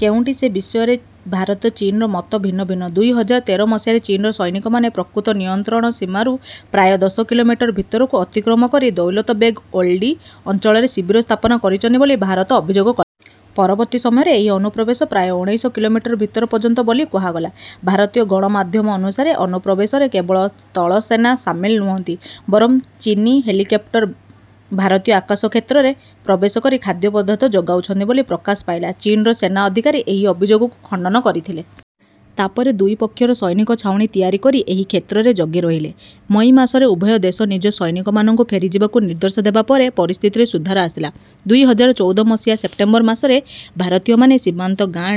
କେଉଁଟି ସେ ବିଷୟରେ ଭାରତ ଓ ଚୀନ୍‌ର ମତ ଭିନ୍ନ ଭିନ୍ନ। ଦୁଇ ହଜାର ତେର ମସିହାରେ ଚୀନ୍‌ର ସୈନିକମାନେ ପ୍ରକୃତ ନିୟନ୍ତ୍ରଣ ସୀମାରୁ ପ୍ରାୟ ଦଶ କିଲୋମିଟର ଭିତରକୁ ଅତିକ୍ରମ କରି ଦୌଲତ ବେଗ୍ ଓଲ୍ଡି ଅଞ୍ଚଳରେ ଶିବିର ସ୍ଥାପନା କରିଛନ୍ତି ବୋଲି ଭାରତ ଅଭିଯୋଗ କଲା। ପରବର୍ତ୍ତୀ ସମୟରେ ଏହି ଅନୁପ୍ରବେଶ ପ୍ରାୟ ଉଣେଇଶ କିଲୋମିଟର ଭିତର ପର୍ଯ୍ୟନ୍ତ ବୋଲି କୁହାଗଲା। ଭାରତୀୟ ଗଣମାଧ୍ୟମ ଅନୁସାରେ, ଅନୁପ୍ରବେଶରେ କେବଳ ସ୍ଥଳସେନା ସାମିଲ ନୁହନ୍ତି ବରଂ ଚୀନୀ ହେଲିକପ୍ଟର ଭାରତୀୟ ଆକାଶ କ୍ଷେତ୍ରରେ ପ୍ରବେଶ କରି ଖାଦ୍ୟପଦାର୍ଥ ଯୋଗାଉଛନ୍ତି ବୋଲି ପ୍ରକାଶ ପାଇଲା। ଚୀନ୍‌ର ସେନା ଅଧିକାରୀ ଏହି ଅଭିଯୋଗକୁ ଖଣ୍ଡନ କରିଥିଲେ। ତା’ ପରେ ଦୁଇ ପକ୍ଷର ସୈନିକ ଛାଉଣୀ ତିଆରି କରି ଏହି କ୍ଷେତ୍ରରେ ଜଗି ରହିଲେ। ମଇ ମାସରେ ଉଭୟ ଦେଶ ନିଜ ସୈନିକମାନଙ୍କୁ ଫେରିଯିବାକୁ ନିର୍ଦ୍ଦେଶ ଦେବା ପରେ ପରିସ୍ଥିତିରେ ସୁଧାର ଆସିଲା। ଦୁଇ ହଜାର ଚଉଦ ମସିହା ସେପ୍ଟେମ୍ବର ମାସରେ ଭାରତୀୟମାନେ ସୀମାନ୍ତ ଗାଁ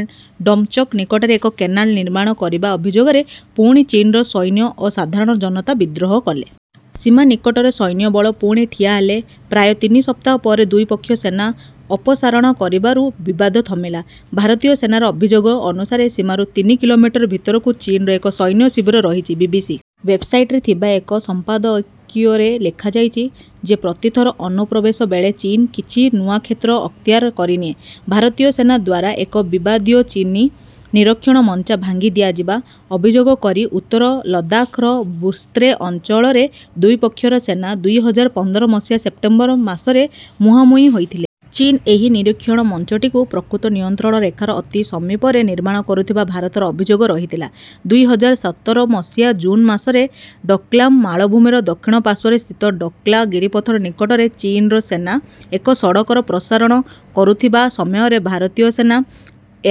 ଡେମ୍‌ଚୋକ୍ ନିକଟରେ ଏକ କେନାଲ୍ ନିର୍ମାଣ କରିବା ଅଭିଯୋଗରେ ପୁଣି ଚୀନ୍‌ର ସୈନ୍ୟ ଓ ସାଧାରଣ ଜନତା ବିଦ୍ରୋହ କଲେ। ସୀମା ନିକଟରେ ସୈନ୍ୟବଳ ପୁଣି ଠିଆ ହେଲେ। ପ୍ରାୟ ତିନି ସପ୍ତାହ ପରେ ଦୁଇ ପକ୍ଷ ସେନା ଅପସାରଣ କରିବାରୁ ବିବାଦ ଥମିଲା। ଭାରତୀୟ ସେନାର ଅଭିଯୋଗ ଅନୁସାରେ ସୀମାରୁ ତିନି କିଲୋମିଟର ଭିତରକୁ ଚୀନ୍‌ର ଏକ ସୈନ୍ୟ ଶିବିର ରହିଛି। ବି. ବି. ସି. ୱେବ୍‌ସାଇଟରେ ଥିବା ଏକ ସମ୍ପାଦକୀୟରେ ଲେଖାଯାଇଛି ଯେ ପ୍ରତି ଥର ଅନୁପ୍ରବେଶ ବେଳେ ଚୀନ୍ କିଛି ନୂଆ କ୍ଷେତ୍ର ଅକ୍ତିଆର କରିନିଏ। ଭାରତୀୟ ସେନା ଦ୍ୱାରା ଏକ ବିବାଦୀୟ ଚୀନୀ ନିରୀକ୍ଷଣ ମଞ୍ଚା ଭାଙ୍ଗିଦିଆଯିବା ଅଭିଯୋଗ କରି ଉତ୍ତର ଲଦାଖ୍‌ର ବୁର୍ସ୍ତେ ଅଞ୍ଚଳରେ ଦୁଇ ପକ୍ଷର ସେନା ଦୁଇ ହଜାର ପନ୍ଦର ମସିହା ସେପ୍ଟେମ୍ବର ମାସରେ ମୁହାଁମୁହିଁ ହୋଇଥିଲେ। ଚୀନ୍ ଏହି ନିରୀକ୍ଷଣ ମଞ୍ଚଟିକୁ ପ୍ରକୃତ ନିୟନ୍ତ୍ରଣ ରେଖାର ଅତି ସମୀପରେ ନିର୍ମାଣ କରୁଥିବା ଭାରତର ଅଭିଯୋଗ ରହିଥିଲା। ଦୁଇ ହଜାର ସତର ମସିହା ଜୁନ୍ ମାସରେ ଡୋକଲାମ୍ ମାଳଭୂମିର ଦକ୍ଷିଣ ପାର୍ଶ୍ୱରେ ସ୍ଥିତ ଡୋକା ଲା ଗିରିପଥ ନିକଟରେ ଚୀନ୍‌ର ସେନା ଏକ ସଡ଼କର ପ୍ରସାରଣ କରୁଥିବା ସମୟରେ ଭାରତୀୟ ସେନା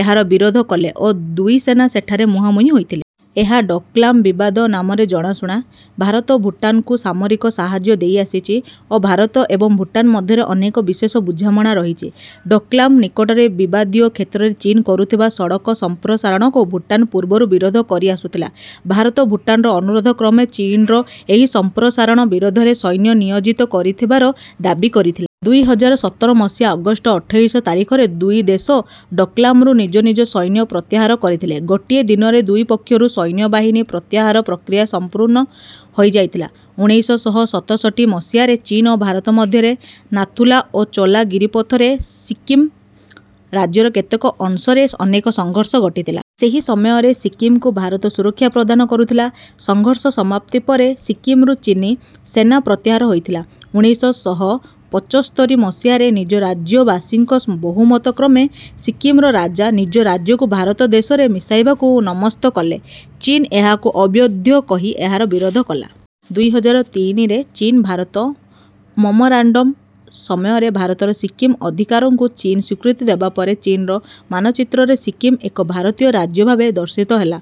ଏହାର ବିରୋଧ କଲେ ଓ ଦୁଇ ସେନା ସେଠାରେ ମୁହାଁମୁହିଁ ହୋଇଥିଲେ। ଏହା ଡୋକଲାମ୍ ବିବାଦ ନାମରେ ଜଣାଶୁଣା। ଭାରତ ଭୁଟାନ୍‌କୁ ସାମରିକ ସାହାଯ୍ୟ ଦେଇଆସିଛି ଓ ଭାରତ ଏବଂ ଭୁଟାନ୍ ମଧ୍ୟରେ ଅନେକ “ବିଶେଷ ବୁଝାମଣା” ରହିଛି। ଡୋକଲାମ୍ ନିକଟରେ ବିବାଦୀୟ କ୍ଷେତ୍ରରେ ଚୀନ୍ କରୁଥିବା ସଡ଼କ ସମ୍ପ୍ରସାରଣକୁ ଭୁଟାନ୍ ପୂର୍ବରୁ ବିରୋଧ କରିଆସୁଥିଲା। ଭାରତ ଭୁଟାନ୍‌ର ଅନୁରୋଧ କ୍ରମେ ଚୀନ୍‌ର ଏହି ସମ୍ପ୍ରସାରଣ ବିରୋଧରେ ସୈନ୍ୟ ନିୟୋଜିତ କରିଥିବାର ଦାବି କରିଥିଲା। ଦୁଇ ହଜାର ସତର ମସିହା ଅଗଷ୍ଟ ଅଠେଇଶ ତାରିଖରେ ଦୁଇ ଦେଶ ଡୋକଲାମ୍‌ରୁ ନିଜ ନିଜ ସୈନ୍ୟ ପ୍ରତ୍ୟାହାର କରିଥିଲେ। ଗୋଟିଏ ଦିନରେ ଦୁଇ ପକ୍ଷରୁ ସୈନ୍ୟବାହିନୀ ପ୍ରତ୍ୟାହାର ପ୍ରକ୍ରିୟା ସମ୍ପୂର୍ଣ୍ଣ ହୋଇଯାଇଥିଲା। ଉଣେଇଶ ଶହ ସତଷଠି ମସିହାରେ ଚୀନ୍ ଓ ଭାରତ ମଧ୍ୟରେ ନାଥୁ-ଲା ଓ ଚୋ-ଲା ଗିରିପଥରେ ଓ ସିକ୍କିମ୍ ରାଜ୍ୟର କେତେକ ଅଂଶରେ ଅନେକ ସଂଘର୍ଷ ଘଟିଥିଲା। ସେହି ସମୟରେ ସିକ୍କିମ୍‌କୁ ଭାରତ ସୁରକ୍ଷା ପ୍ରଦାନ କରୁଥିଲା। ସଂଘର୍ଷ ସମାପ୍ତି ପରେ ସିକ୍କିମ୍‌ରୁ ଚୀନୀ ସେନା ପ୍ରତ୍ୟାହାର ହୋଇଥିଲା। ଉଣେଇଶ ଶହ ପଚସ୍ତରୀ ମସିହାରେ ନିଜ ରାଜ୍ୟବାସୀଙ୍କ ବହୁମତ କ୍ରମେ ସିକ୍କିମ୍‌ର ରାଜା ନିଜ ରାଜ୍ୟକୁ ଭାରତ ଦେଶରେ ମିଶାଇବାକୁ ନମସ୍ଥ କଲେ। ଚୀନ୍ ଏହାକୁ ଅବୈଧ କହି ଏହାର ବିରୋଧ କଲା। ଦୁଇ ହଜାର ତିନିରେ ଚୀନ୍-ଭାରତ ମେମୋରାଣ୍ଡମ୍ ସମୟରେ ଭାରତର ସିକ୍କିମ୍ ଅଧିକାରକୁ ଚୀନ୍ ସ୍ୱୀକୃତି ଦେବା ପରେ ଚୀନ୍‌ର ମାନଚିତ୍ରରେ ସିକ୍କିମ୍ ଏକ ଭାରତୀୟ ରାଜ୍ୟ ଭାବେ ଦର୍ଶିତ ହେଲା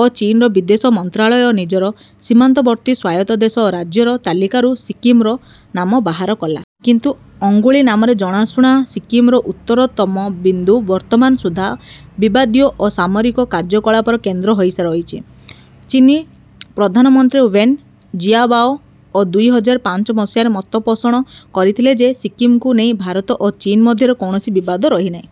ଓ ଚୀନ୍‌ର ବିଦେଶ ମନ୍ତ୍ରଣାଳୟ ନିଜର “ସୀମାନ୍ତବର୍ତ୍ତୀ ସ୍ୱାୟତ୍ତ ଦେଶ ଓ ରାଜ୍ୟର” ତାଲିକାରୁ ସିକ୍କିମ୍‌ର ନାମ ବାହାର କଲା। କିନ୍ତୁ ଅଙ୍ଗୁଳି ନାମରେ ଜଣାଶୁଣା ସିକ୍କିମ୍‌ର ଉତ୍ତରତମ ବିନ୍ଦୁ ବର୍ତ୍ତମାନ ସୁଦ୍ଧା ବିବାଦୀୟ ଓ ସାମରିକ କାର୍ଯ୍ୟକଳାପର କେନ୍ଦ୍ର ହୋଇ ରହିଛି। ଚୀନୀ ପ୍ରଧାନମନ୍ତ୍ରୀ ୱେନ୍ ଜିଆବାଓ ଦୁଇ ହଜାର ପାଞ୍ଚ ମସିହାରେ ମତ ପୋଷଣ କରିଥିଲେ ଯେ ସିକ୍କିମ୍‌କୁ ନେଇ ଭାରତ ଓ ଚୀନ୍ ମଧ୍ୟରେ କୌଣସି ବିବାଦ ରହିନାହିଁ।